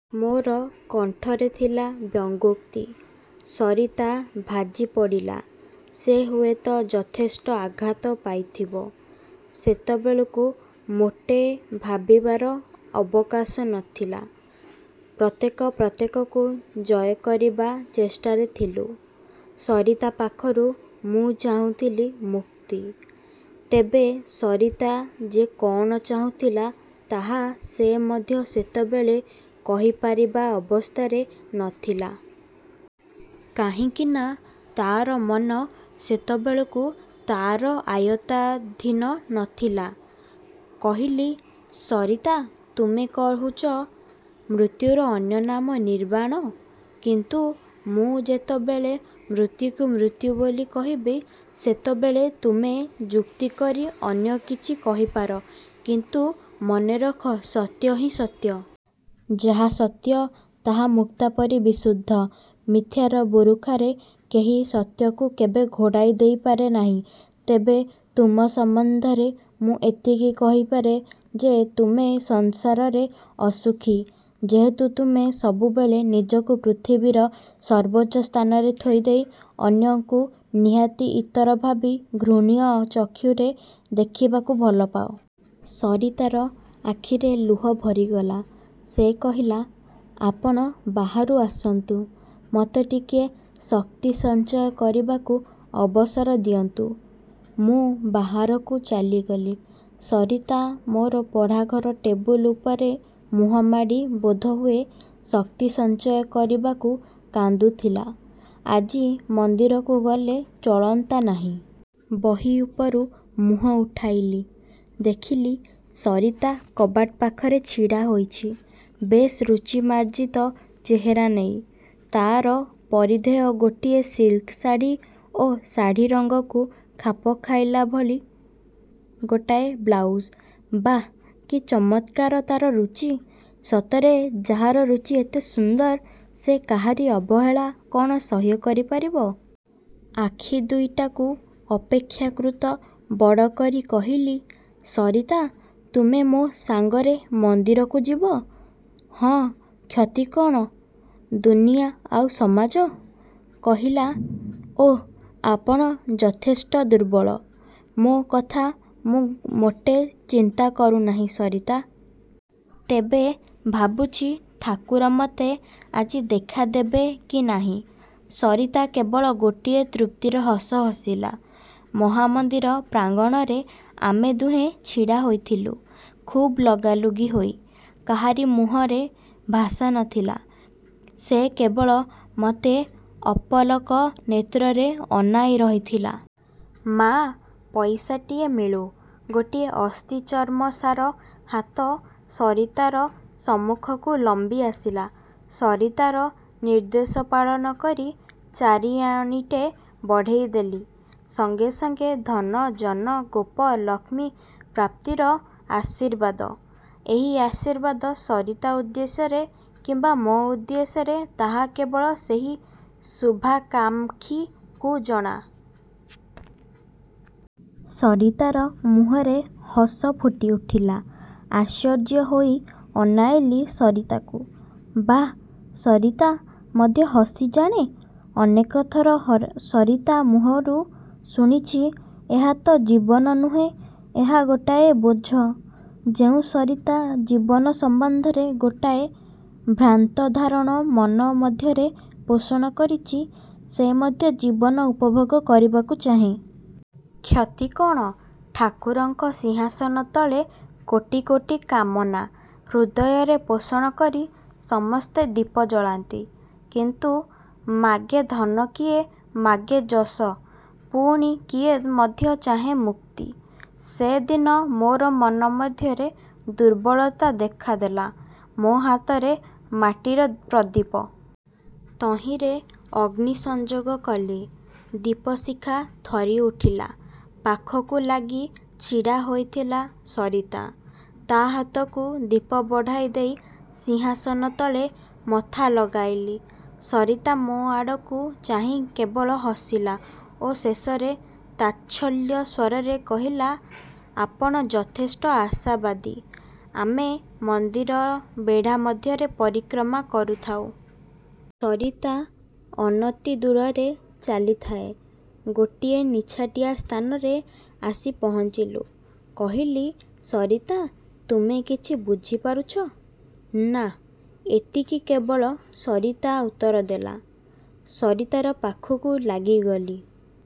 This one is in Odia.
'' ମୋର କଣ୍ଠରେ ଥିଲା ବ୍ୟଙ୍ଗୋକ୍ତି। ସରିତା ଭାଜିପଡ଼ିଲା। ସେ ହୁଏତ ଯଥେଷ୍ଟ ଆଘାତ ପାଇଥିବ। ସେତେବେଳକୁ ମୋଟେ ଭାବିବାର ଅବକାଶ ନ ଥିଲା। ପ୍ରତ୍ୟେକ ପ୍ରତ୍ୟେକକୁ ଜୟ କରିବା ଚେଷ୍ଟାରେ ଥିଲୁଁ। ସରିତା ପାଖରୁ ମୁଁ ଚାହୁଁଥିଲି ମୁକ୍ତି। ତେବେ ସରିତା ଯେ କ'ଣ ଚାହୁଁଥିଲା ତାହା ସେ ମଧ୍ୟ ସେତେବେଳେ କହିପାରିବା ଅବସ୍ଥାରେ ନ ଥିଲା। କାହିଁକିନା ତା'ର ମନ ସେତେବେଳକୁ ତା'ର ଆୟତ୍ତାଧୀନ ନ ଥିଲା। କହିଲି, ''ସରିତା! ତୁମେ କହୁଛ। ମୃତ୍ୟୁର ଅନ୍ୟ ନାମ ନିର୍ବାଣ; କିନ୍ତୁ ମୁଁ ଯେତେବେଳେ ମୃତ୍ୟୁକୁ ମୃତ୍ୟୁ ବୋଲି କହିବି ସେତେବେଳେ ତୁମେ ଯୁକ୍ତିକରି ଅନ୍ୟ କିଛି କହିପାର। କିନ୍ତୁ ମନେରଖ ସତ୍ୟ ହିଁ ସତ୍ୟ। ଯାହା ସତ୍ୟ ତାହା ମୁକ୍ତାପରି ବିଶୁଦ୍ଧ। ମିଥ୍ୟାର ବୁରୁଖାରେ କେହି ସତ୍ୟକୁ କେବେ ଘୋଡ଼ାଇ ଦେଇପାରେ ନାହିଁ। ତେବେ ତୁମ ସମ୍ବନ୍ଧରେ ମୁଁ ଏତିକି କହିପାରେ ଯେ ତୁମେ ସଂସାରରେ ଅସୁଖୀ, ଯେହେତୁ ତୁମେ ସବୁବେଳେ ନିଜକୁ ପୃଥିବୀର ସର୍ବୋଚ୍ଚ ସ୍ଥାନରେ ଥୋଇଦେଇ ଅନ୍ୟକୁ ନିହାତି ଇତର ଭାବି ଘୃଣ୍ୟ ଚକ୍ଷୁରେ ଦେଖିବାକୁ ଭଲପାଏ। '' ସରିତାର ଆଖିରେ ଲୁହ ଭରିଗଲା। ସେ କହିଲା, ''ଆପଣ ବାହାରୁ ଆସନ୍ତୁ। ମୋତେ ଟିକିଏ ଶକ୍ତି ସଞ୍ଚୟ କରିବାକୁ ଅବସର ଦିଅନ୍ତୁ। '' ମୁଁ ବାହାରକୁ ଚାଲିଗଲି। ସରିତା ମୋର ପଢ଼ାଘର ଟେବୁଲ ଉପରେ ମୁହଁମାଡ଼ି ବୋଧହୁଏ ଶକ୍ତି ସଞ୍ଚୟ କରିବାକୁ କାନ୍ଦୁଥିଲା। ''ଆଜି ମନ୍ଦିରକୁ ଗଲେ ଚଳନ୍ତା ନାହିଁ? '' ବହି ଉପରୁ ମୁହଁ ଉଠାଇଲି। ଦେଖିଲି ସରିତା କବାଟ ପାଖରେ ଛିଡ଼ାହୋଇଛି ବେଶ୍ ରୁଚି ମାର୍ଜିତ ଚେହେରା ନେଇ। ତା'ର ପରିଧେୟ ଗୋଟିଏ ସିଲ୍କ ଶାଢ଼ି ଓ ଶାଢ଼ି ରଙ୍ଗକୁ ଖାପ ଖାଇଲାଭଳି ଗୋଟାଏ ବ୍ଲାଉଜ। ବାଃ, କି ଚମତ୍କାର ତାହାର ରୁଚି? ସତରେ ଯାହାର ରୁଚି ଏତେ ସୁନ୍ଦର ସେ କାହାରି ଅବହେଳା କ'ଣ ସହ୍ୟ କରିପାରିବ? ଆଖି ଦୁଇଟାକୁ ଅପେକ୍ଷା କୃତ ବଡ଼ କରି କହିଲି, ''ସରିତା! ତୁମେ ମୋ ସାଙ୍ଗରେ ମନ୍ଦିରକୁ ଯିବ? '' ''ହଁ, କ୍ଷତି କ'ଣ? '' ''ଦୁନିଆ ଆଉ ସମାଜ? '' କହିଲା, ''ଓଃ, ଆପଣ ଯଥେଷ୍ଟ ଦୁର୍ବଳ। '' ''ମୋ କଥା ମୁଁ ମୋଟେ ଚିନ୍ତା କରୁନାହିଁ ସରିତା! ତେବେ ଭାବୁଛି ଠାକୁର ମୋତେ ଆଜି ଦେଖାଦେବେ କି ନାହିଁ? '' ସରିତା କେବଳ ଗୋଟିଏ ତୃପ୍ତିର ହସ ହସିଲା। ମହା ମନ୍ଦିର ପ୍ରାଙ୍ଗଣରେ ଆମେ ଦୁହେଁ ଛିଡ଼ା ହୋଇଥିଲୁଁ ଖୁବ୍ ଲଗାଲଗି ହୋଇ। କାହାରି ମୁହଁରେ ଭାଷା ନ ଥିଲା। ସେ କେବଳ ମୋତେ ଅପଲକ ନେତ୍ରରେ ଅନାଇ ରହିଥିଲା। ''ମାଆ! ପଇସାଟିଏ ମିଳୁ। '' ଗୋଟିଏ ଅସ୍ଥିଚର୍ମସାର ହାତ ସରିତାର ସମ୍ମୁଖକୁ ଲମ୍ବିଆସିଲା। ସରିତାର ନିର୍ଦ୍ଦେଶ ପାଳନ କରି ଚାରିଅଣୀଟେ ବଢ଼େଇ ଦେଲି। ସଙ୍ଗେ ସଙ୍ଗେ ଧନ, ଯନ, ଗୋପ, ଲକ୍ଷ୍ମୀ ପ୍ରାପ୍ତିର ଆଶୀର୍ବାଦ। ଏହି ଆଶୀର୍ବାଦ ସରିତା ଉଦ୍ଦେଶ୍ୟରେ କିମ୍ବା ମୋ ଉଦ୍ଦେଶ୍ୟରେ ତାହା କେବଳ ସେହି ଶୁଭାକାଂକ୍ଷୀକୁ ଜଣା। ସରିତାର ମୁହଁରେ ହସ ଫୁଟିଉଠିଲା। ଆଶ୍ଚର୍ଯ୍ୟ ହୋଇ ଅନାଇଲି ସରିତାକୁ। ବାଃ, ସରିତା ମଧ୍ୟ ହସି ଜାଣେ? ଅନେକଥର ସରିତା ମୁହଁରୁ ଶୁଣିଛି ''ଏହା ତ ଜୀବନ ନୁହେଁ। ଏହା ଗୋଟାଏ ବୋଝ-। '' ଯେଉଁ ସରିତା ଜୀବନ ସମ୍ବନ୍ଧରେ ଗୋଟାଏ ଭ୍ରାନ୍ତଧାରଣା ମନ ମଧ୍ୟରେ ପୋଷଣ କରିଛି ସେ ମଧ୍ୟ ଜୀବନ ଉପଭୋଗ କରିବାକୁ ଚାହେଁ। କ୍ଷତି କ'ଣ? ଠାକୁରଙ୍କ ସିଂହାସନ ତଳେ କୋଟି କୋଟି କାମନା ହୃଦୟରେ ପୋଷଣ କରି ସମସ୍ତେ ଦୀପ ଜଳାନ୍ତି। କିଏ ମାଗେ ଧନ କିଏ ମାଗେ ଯଶ, ପୁଣି କିଏ ମଧ୍ୟ ଚାହେଁ ମୁକ୍ତି। ସେଦିନ ମୋର ମନ ମଧ୍ୟରେ ଦୁର୍ବଳତା ଦେଖାଦେଲା। ମୋ ହାତରେ ମାଟିର ପ୍ରଦୀପ। ତହିଁରେ ଅଗ୍ନି ସଂଯୋଗ କଲି। ଦୀପଶିଖା ଥରିଉଠିଲା। ପାଖକୁ ଲାଗି ଛିଡ଼ାହୋଇଥିଲା ସରିତା। ତା' ହାତକୁ ଦୀପ ବଢ଼ାଇଦେଇ ସିଂହାସନ ତଳେ ମଥା ଲଗାଇଲି। ସରିତା ମୋ ଆଡ଼କୁ ଚାହିଁ କେବଳ ହସିଲା ଓ ଶେଷରେ ତାଚ୍ଛଲ୍ୟ ସ୍ୱରରେ କହିଲା, ''ଆପଣ ଯଥେଷ୍ଟ ଆଶାବାଦୀ। '' ଆମେ ମନ୍ଦିର ବେଢ଼ା ମଧ୍ୟରେ ପରିକ୍ରମା କରୁଥାଉଁ। ସରିତା ଅନତିଦୂରରେ ଚାଲିଥାଏ-। ଗୋଟିଏ ନିଛାଟିଆ ସ୍ଥାନରେ ଆସି ପହଞ୍ଚିଲୁ। କହିଲି, ସରିତା! ତୁମେ କିଛି ବୁଝିପାରୁଛ, ନା' ଏତିକି କେବଳ ସରିତା ଉତ୍ତରଦେଲା। ସରିତାର ପାଖକୁ ଲାଗିଗଲି।